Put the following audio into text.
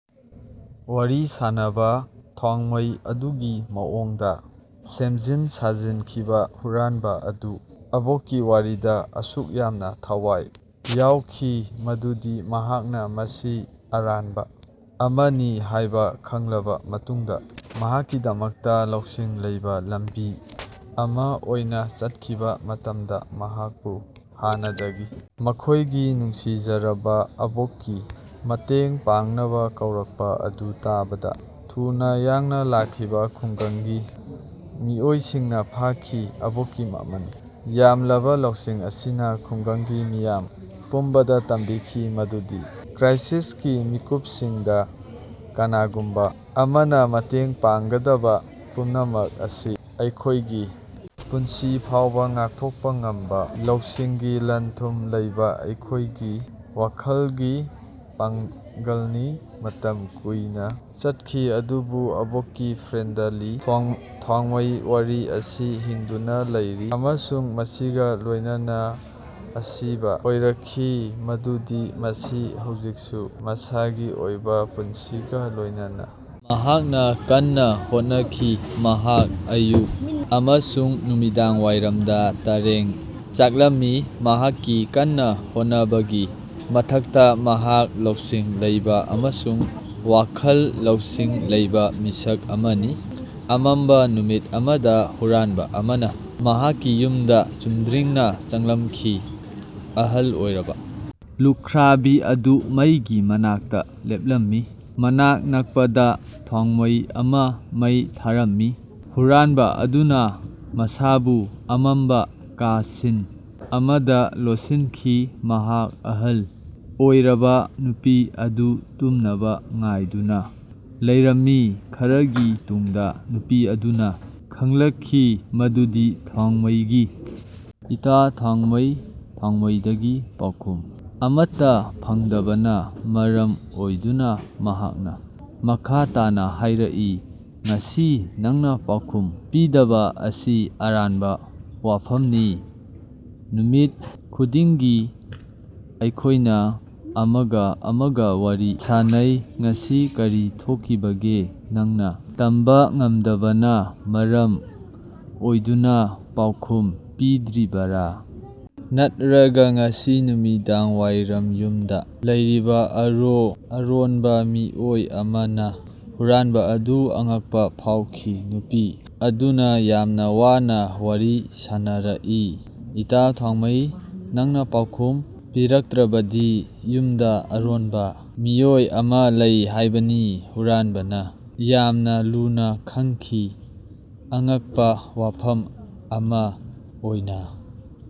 ꯋꯥꯔꯤ ꯁꯥꯅꯕꯥ ꯊꯥꯎꯃꯩ ꯑꯗꯨꯒꯤ ꯃꯑꯣꯡꯗꯥ ꯁꯦꯝꯖꯤꯟ ꯁꯥꯖꯤꯟꯈꯤꯕꯥ ꯍꯨꯔꯥꯟꯕꯥ ꯑꯗꯨ ꯑꯕꯣꯛꯀꯤ ꯋꯥꯔꯤꯗꯥ ꯑꯁꯨꯛ ꯌꯥꯝꯅꯥ ꯊꯋꯥꯢ ꯌꯥꯎꯈꯤ ꯃꯗꯨꯗꯤ ꯃꯍꯥꯛꯅꯥ ꯃꯁꯤ ꯑꯔꯥꯟꯕꯥ ꯑꯃꯅꯤ ꯍꯥꯢꯕꯥ ꯈꯪꯂꯕꯥ ꯃꯇꯨꯡꯗꯥ ꯃꯍꯥꯛꯀꯤꯗꯃꯛꯇꯥ ꯂꯧꯁꯤꯡ ꯂꯩꯕꯥ ꯂꯝꯕꯤ ꯑꯃꯥ ꯑꯣꯏꯅꯥ ꯆꯠꯈꯤꯕꯥ ꯃꯇꯝꯗꯥ, ꯃꯍꯥꯛꯄꯨ ꯍꯥꯟꯅꯗꯒꯤ ꯃꯈꯣꯢꯒꯤ ꯅꯨꯡꯁꯤꯖꯔꯕꯥ ꯑꯕꯣꯛꯀꯤ ꯃꯇꯦꯡ ꯄꯥꯡꯅꯕꯥ ꯀꯧꯔꯛꯄꯥ ꯑꯗꯨ ꯇꯥꯕꯗꯥ ꯊꯨꯅꯥ ꯌꯥꯡꯅꯥ ꯂꯥꯛꯈꯤꯕꯥ ꯈꯨꯡꯒꯪꯒꯤ ꯃꯤꯑꯣꯏꯁꯤꯡꯅꯥ ꯐꯥꯈꯤ꯫ ꯑꯕꯣꯛꯀꯤ ꯃꯃꯜ ꯌꯥꯝꯂꯕꯥ ꯂꯧꯁꯤꯡ ꯑꯁꯤꯅꯥ ꯈꯨꯡꯒꯪꯒꯤ ꯃꯤꯌꯥꯝ ꯄꯨꯝꯕꯗꯥ ꯇꯝꯕꯤꯈꯤ ꯃꯗꯨꯗꯤ ꯀ꯭ꯔꯥꯢꯁꯤꯁꯀꯤ ꯃꯤꯀꯨꯞꯁꯤꯡꯗꯥ ꯀꯅꯥꯒꯨꯝꯕꯥ ꯑꯃꯅꯥ ꯃꯇꯦꯡ ꯄꯥꯡꯒꯗꯕꯥ ꯄꯨꯝꯅꯃꯛ ꯑꯁꯤ ꯑꯩꯈꯣꯢꯒꯤ ꯄꯨꯟꯁꯤ ꯐꯥꯎꯕꯥ ꯉꯥꯛꯊꯣꯛꯄꯥ ꯉꯝꯕꯥ ꯂꯧꯁꯤꯡꯒꯤ ꯂꯟ-ꯊꯨꯝ ꯂꯩꯕꯥ ꯑꯩꯈꯣꯢꯒꯤ ꯋꯥꯈꯜꯒꯤ ꯄꯥꯡꯒꯜꯅꯤ꯫ ꯃꯇꯝ ꯀꯨꯏꯅꯥ ꯆꯠꯈꯤ ꯑꯗꯨꯕꯨ ꯑꯕꯣꯛꯀꯤ ꯐ꯭ꯔꯦꯟꯗꯂꯤ ꯊꯥꯎꯃꯩ ꯋꯥꯔꯤ ꯑꯁꯤ ꯍꯤꯡꯗꯨꯅꯥ ꯂꯩꯔꯤ ꯑꯃꯁꯨꯡ ꯃꯁꯤꯒꯥ ꯂꯣꯢꯅꯅꯥ ꯑꯁꯤꯕꯥ ꯑꯣꯏꯔꯛꯈꯤ ꯃꯗꯨꯗꯤ ꯃꯁꯤ ꯍꯧꯖꯤꯛꯁꯨ ꯃꯁꯥꯒꯤ ꯑꯣꯏꯕꯥ ꯄꯨꯟꯁꯤꯒꯥ ꯂꯣꯢꯅꯅꯥ ꯃꯍꯥꯛꯅꯥ ꯀꯟꯅ ꯍꯣꯠꯅꯈꯤ꯫ ꯃꯍꯥꯛ ꯑꯌꯨꯛ ꯑꯃꯁꯨꯡ ꯅꯨꯃꯤꯗꯥꯡꯋꯥꯏꯔꯝꯗ ꯇꯔꯦꯡ ꯆꯥꯛꯂꯝꯃꯤ꯫ ꯃꯍꯥꯛꯀꯤ ꯀꯟꯅꯥ ꯍꯣꯠꯅꯕꯒꯤ ꯃꯊꯛꯇꯥ ꯃꯍꯥꯛ ꯂꯧꯁꯤꯡ ꯂꯩꯕꯥ ꯑꯃꯁꯨꯡ ꯋꯥꯈꯜ ꯂꯧꯁꯤꯡ ꯂꯩꯕꯥ ꯃꯤꯁꯛ ꯑꯃꯅꯤ꯫ ꯑꯃꯝꯕꯥ ꯅꯨꯃꯤꯠ ꯑꯃꯗꯥ ꯍꯨꯔꯥꯟꯕꯥ ꯑꯃꯅꯥ ꯃꯍꯥꯛꯀꯤ ꯌꯨꯝꯗꯥ ꯆꯨꯝꯗ꯭ꯔꯤꯡꯅꯥ ꯆꯪꯂꯛꯈꯤ꯫ ꯑꯍꯜ ꯑꯣꯏꯔꯕꯥ ꯂꯨꯈ꯭ꯥꯔꯕꯤ ꯑꯗꯨ ꯃꯩꯒꯤ ꯃꯅꯥꯛꯇꯥ ꯂꯦꯞꯂꯝꯃꯤ꯫ ꯃꯅꯥꯛ ꯅꯛꯄꯗꯥ ꯊꯥꯎꯃꯩ ꯑꯃꯥ ꯃꯩ ꯊꯥꯔꯝꯃꯤ꯫ ꯍꯨꯔꯥꯟꯕꯥ ꯑꯗꯨꯅꯥ ꯃꯁꯥꯕꯨ ꯑꯃꯝꯕꯥ ꯀꯥꯁꯤꯟ ꯑꯃꯗꯥ ꯂꯣꯠꯁꯤꯟꯈꯤ꯫ ꯃꯍꯥꯛ ꯑꯍꯜ ꯑꯣꯏꯔꯕꯥ ꯅꯨꯄꯤ ꯑꯗꯨ ꯇꯨꯝꯅꯕꯥ ꯉꯥꯏꯗꯨꯅꯥ ꯂꯩꯔꯝꯃꯤ꯫ ꯈꯔꯥꯒꯤ ꯇꯨꯡꯗꯥ ꯅꯨꯄꯤ ꯑꯗꯨꯅꯥ ꯈꯪꯂꯛꯈꯤ ꯃꯗꯨꯗꯤ ꯊꯥꯎꯃꯩꯒꯤ ꯏꯇꯥ-ꯊꯥꯎꯃꯩ!" ꯊꯥꯎꯃꯩꯗꯒꯤ ꯄꯥꯎꯈꯨꯝ ꯑꯃꯠꯇꯥ ꯐꯪꯗꯕꯅꯥ ꯃꯔꯝ ꯑꯣꯏꯗꯨꯅꯥ ꯃꯍꯥꯛꯅꯥ ꯃꯈꯥ ꯇꯥꯅꯥ ꯍꯥꯢꯔꯛꯏ, "ꯉꯁꯤ ꯅꯪꯅꯥ ꯄꯥꯎꯈꯨꯝ ꯄꯤꯗꯕꯥ ꯑꯁꯤ ꯑꯔꯥꯟꯕꯥ ꯋꯥꯐꯝꯅꯤ꯫ ꯅꯨꯃꯤꯠ ꯈꯨꯗꯤꯡꯒꯤ ꯑꯩꯈꯣꯢꯅꯥ ꯑꯃꯒꯥ ꯑꯃꯒꯥ ꯋꯥꯔꯤ ꯁꯥꯅꯩ꯫ ꯉꯁꯤ ꯀꯔꯤ ꯊꯣꯛꯈꯤꯕꯒꯦ? ꯅꯪꯅꯥ ꯇꯝꯕꯥ ꯉꯝꯗꯕꯅꯥ ꯃꯔꯝ ꯑꯣꯏꯗꯨꯅꯥ ꯄꯥꯎꯈꯨꯝ ꯄꯤꯗ꯭ꯔꯤꯕꯔꯥ? ꯅꯠꯔꯒ ꯉꯁꯤ ꯅꯨꯃꯤꯗꯥꯡꯋꯥꯏꯔꯝ ꯌꯨꯝꯗꯥ ꯂꯩꯔꯤꯕꯥ ꯑꯔꯣꯪ.. ꯟꯕ ꯃꯤꯑꯣꯏ ꯑꯃꯥꯅ? ꯍꯨꯔꯥꯟꯕꯥ ꯑꯗꯨ ꯑꯉꯛꯄꯥ ꯐꯥꯎꯈꯤ꯫ ꯅꯨꯄꯤ ꯑꯗꯨꯅꯥ ꯌꯥꯝꯅꯥ ꯋꯥꯅꯥ ꯋꯥꯔꯤ ꯁꯥꯅꯔꯛꯏ, "ꯏꯇꯥ-ꯊꯥꯎꯃꯩ, ꯅꯪꯅꯥ ꯄꯥꯎꯈꯨꯝ ꯄꯤꯔꯛꯇ꯭ꯔꯕꯗꯤ ꯌꯨꯝꯗꯥ ꯑꯔꯣꯟꯕꯥ ꯃꯤꯑꯣꯏ ꯑꯃꯥ ꯂꯩ ꯍꯥꯢꯕꯅꯤ꯫ ꯍꯨꯔꯥꯟꯕꯅꯥ ꯌꯥꯝꯅꯥ ꯂꯨꯅꯥ ꯈꯪꯈꯤ, "ꯑꯉꯛꯄꯥ ꯋꯥꯐꯝ ꯑꯃꯥ ꯑꯣꯢꯅ"꯫